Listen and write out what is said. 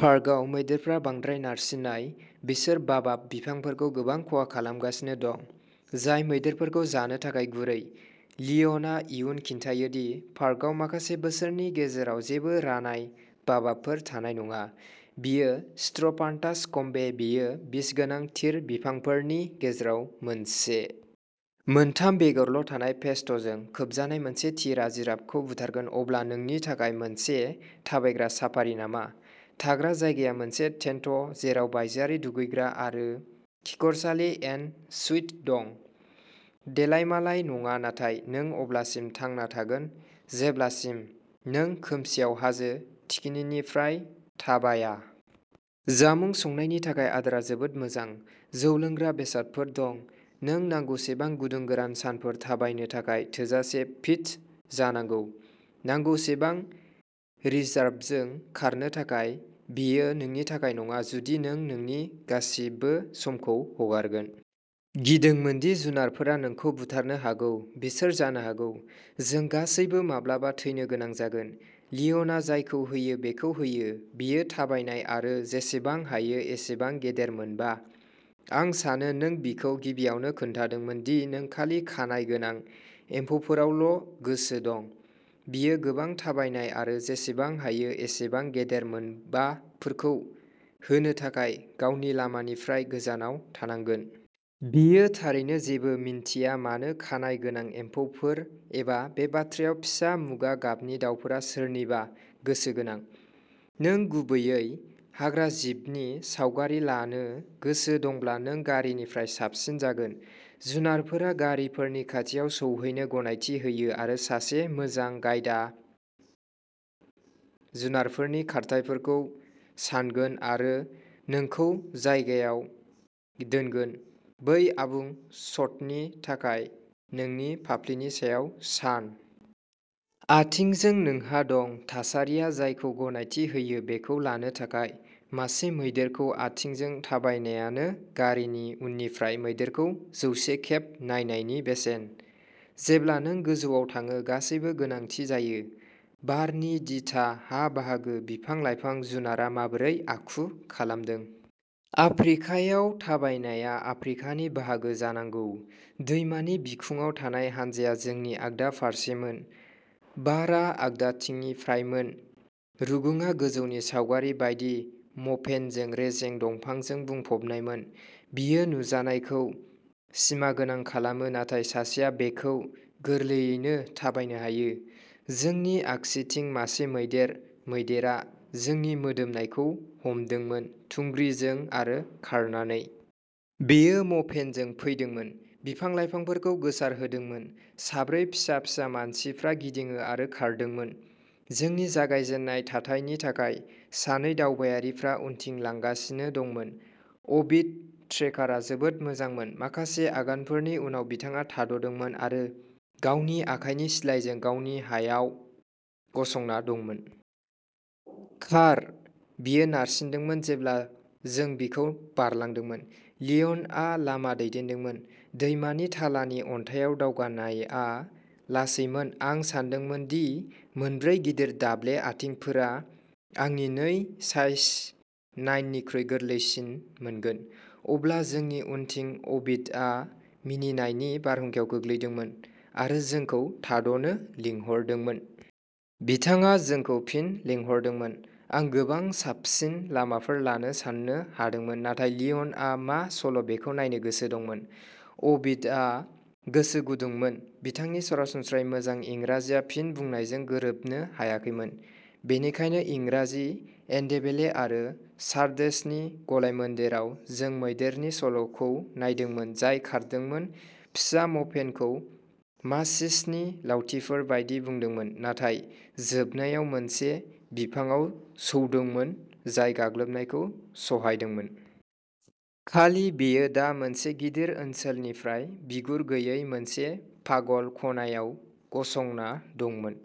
पार्कआव मैदेरफोरा बांद्राय नारसिननाय। बिसोर बाबाब बिफांफोरखौ गोबां खहा खालामगासिनो दं, जाय मैदेरफोरखौ जानो थाखाय गुरै। लिय'नआ इयुन खिन्थायो दि पार्कआव माखासे बोसोरनि गेजेराव जेबो रानाय बाबाबफोर थानाय नङा। बेयो स्ट्र'फान्थास कम्बे, बेयो बिस गोनां थिर बिफांफोरनि गेजेराव मोनसे। मोनथाम बेगरल'थानाय पेस्टजों खोबजानाय मोनसे थिरआ जिराफखौ बुथारगोन। अब्ला, नोंनि थाखाय मोनसे थाबायग्रा साफारि नामा? थाग्रा जायगाया मोनसे टेन्ट जेराव बायजोआरि दुगैग्रा आरो खिखरसालि एन सुइट दं। देलायमालाय नङा, नाथाय नों अब्लासिम थांना थागोन जेब्लासिम नों खोमसिआव हाजो थिखिनिनिफ्राय थाबाया। जामुं संनायनि थाखाय आदारा जोबोद मोजां। जौ लोंग्रा बेसादफोर दं। नों नांगौसेबां गुदुं गोरान सानफोर थाबायनो थाखाय थोजासे फिट जानांगौ, नांगौसेबां रिजार्भजों खारनो थाखाय। बेयो नोंनि थाखाय नङा, जुदि नों नोंनि गासिबो समखौ हगारगोन। गिदोंमोन दि जुनारफोरा नोंखौ बुथारनो हागौ। बिसोर जानो हागौ... जों गासैबो माब्लाबा थैनो गोनां जागोन। लिय'नआ जायखौ होयो बेखौ होयो, बेयो थाबायनाय आरो जेसेबां हायो एसेबां गेदेर मोनबा। आं सानो नों बिखौ गिबियावनो खोन्थादोंमोन दि नों खालि खानाय गोनां एम्फौफोरावल'गोसो दं, बियो गोबां थाबायनाय आरो जेसेबां हायो एसेबां गेदेर मोनबाफोरखौ होनो थाखाय गावनि लामानिफ्राय गोजानाव थांगोन! बियो थारैनो जेबो मिन्थिया मानो खानाय गोनां एम्फौफोर एबा, बे बाथ्रायाव, फिसा मुगा गाबनि दावफोरा सोरनिबा गोसो गोनां। नों गुबैयै हाग्राजिबनि सावगारि लानो गोसो दंब्ला नों गारिनिफ्राय साबसिन जागोन। जुनारफोरा गारिफोरनि खाथियाव सौहैनो गनायथि होयो आरो सासे मोजां गाइडा जुनारफोरनि खारथाइफोरखौ सान्गोन आरो नोंखौ जायगायाव दोनगोन, बै आबुं शटनि थाखाय नोंनि फाफ्लिनि सायाव सान। आथिंजों नोंहा दं। थासारिया जायखौ गनायथि होयो बेखौ लानो थाखाय। मासे मैदेरखौ आथिंजों थाबायनायानो गारिनि उननिफ्राय मैदेरखौ जौसे खेब नायनायनि बेसेन। जेब्ला नों गोजौआव थाङो, गासैबो गोनांथि जायो। बारनि दिथा, हा-बाहागो, बिफां-लाइफां, जुनारआ माबोरै आखु खालामदों। आफ्रिकायाव थाबायनायआ आफ्रिकानि बाहागो जानांगौ। दैमानि बिखुंआव थानाय हानजाया जोंनि आगदा फारसेमोन, बारआ आगदाथिंनिफ्रायमोन। रुगुंआ गोजौनि सावगारि बायदि म'पेनजों रेजें दंफांजों बुंफबनायमोन। बेयो नुजानायखौ सिमागोनां खालामो नाथाय सासेआ बेखौ गोरलैयैनो थाबायनो हायो। जोंनि आगसिथिं मासे मैदेर मैदेरा जोंनि मोदोमनायखौ हमदोंमोन, थुंग्रिजों आरो खारनानै। बेयो म'पेनजों फैदोंमोन, बिफां-लाइफांफोरखौ गोसारहोदोंमोन। साब्रै फिसा-फिसा मानसिफ्रा गिदिङो आरो खारदोंमोन। जोंनि जागायजेननाय थाथायनि थाखाय सानै दावबायारिफोरा उनथिं लांगासिनो दंमोन। अबीद, ट्रेकारआ जोबोद मोजांमोन। माखासे आगानफोरनि उनाव बिथाङा थाद'दोंमोन आरो गावनि आखाइनि सिलाइजों गावनि हायाव गसंना दंमोन। "खार" बियो नारसिनदोंमोन जेब्ला जों बिखौ बारलांदोंमोन। लिय'नआ लामा दैदेनदोंमोन। दैमानि थालानि अन्थाइआव दावगानायआ लासैमोन, आं सानदोंमोन दि मोनब्रै गिदिर दाब्ले आथिंफोरा आंनि नै साइज नाइननिख्रुइ गोरलैसिन मोनगोन। अब्ला जोंनि उनथिं अबीदआ मिनिनायनि बारहुंखायाव गोग्लैदोंमोन आरो जोंखौ थाद'नो लिंहरदोंमोन। बिथाङा जोंखौ फिन लिंहरदोंमोन। आं गोबां साबसिन लामाफोर लानो सान्नो हादोंमोन नाथाय लिय'नआ मा सल'बेखौ नायनो गोसो दंमोन। अबीदआ गोसो गुदुंमोन, बिथांनि सरासनस्रायै मोजां इंराजिया फिन बुंनायजों गोरोबनो हायाखैमोन। बेनिखायनो इंराजि, एनडेबेले आरो चार्डेसनि गलायमोन्देराव जों मैदेरनि सल'खौ नायदोंमोन जाय खारदोंमोन, फिसा म'पेनखौ माचिसनि लावथिफोर बायदि बुदोंमोन नाथाय जोबनायाव मोनसे बिफांआव सौदोंमोन जाय गाग्लोबनायखौ सहायदोंमोन। खालि, बेयो दा मोनसे गिदिर ओनसोलनिफ्राय बिगुर गैयै मोनसे पागल खनायाव गसंना दंमोन।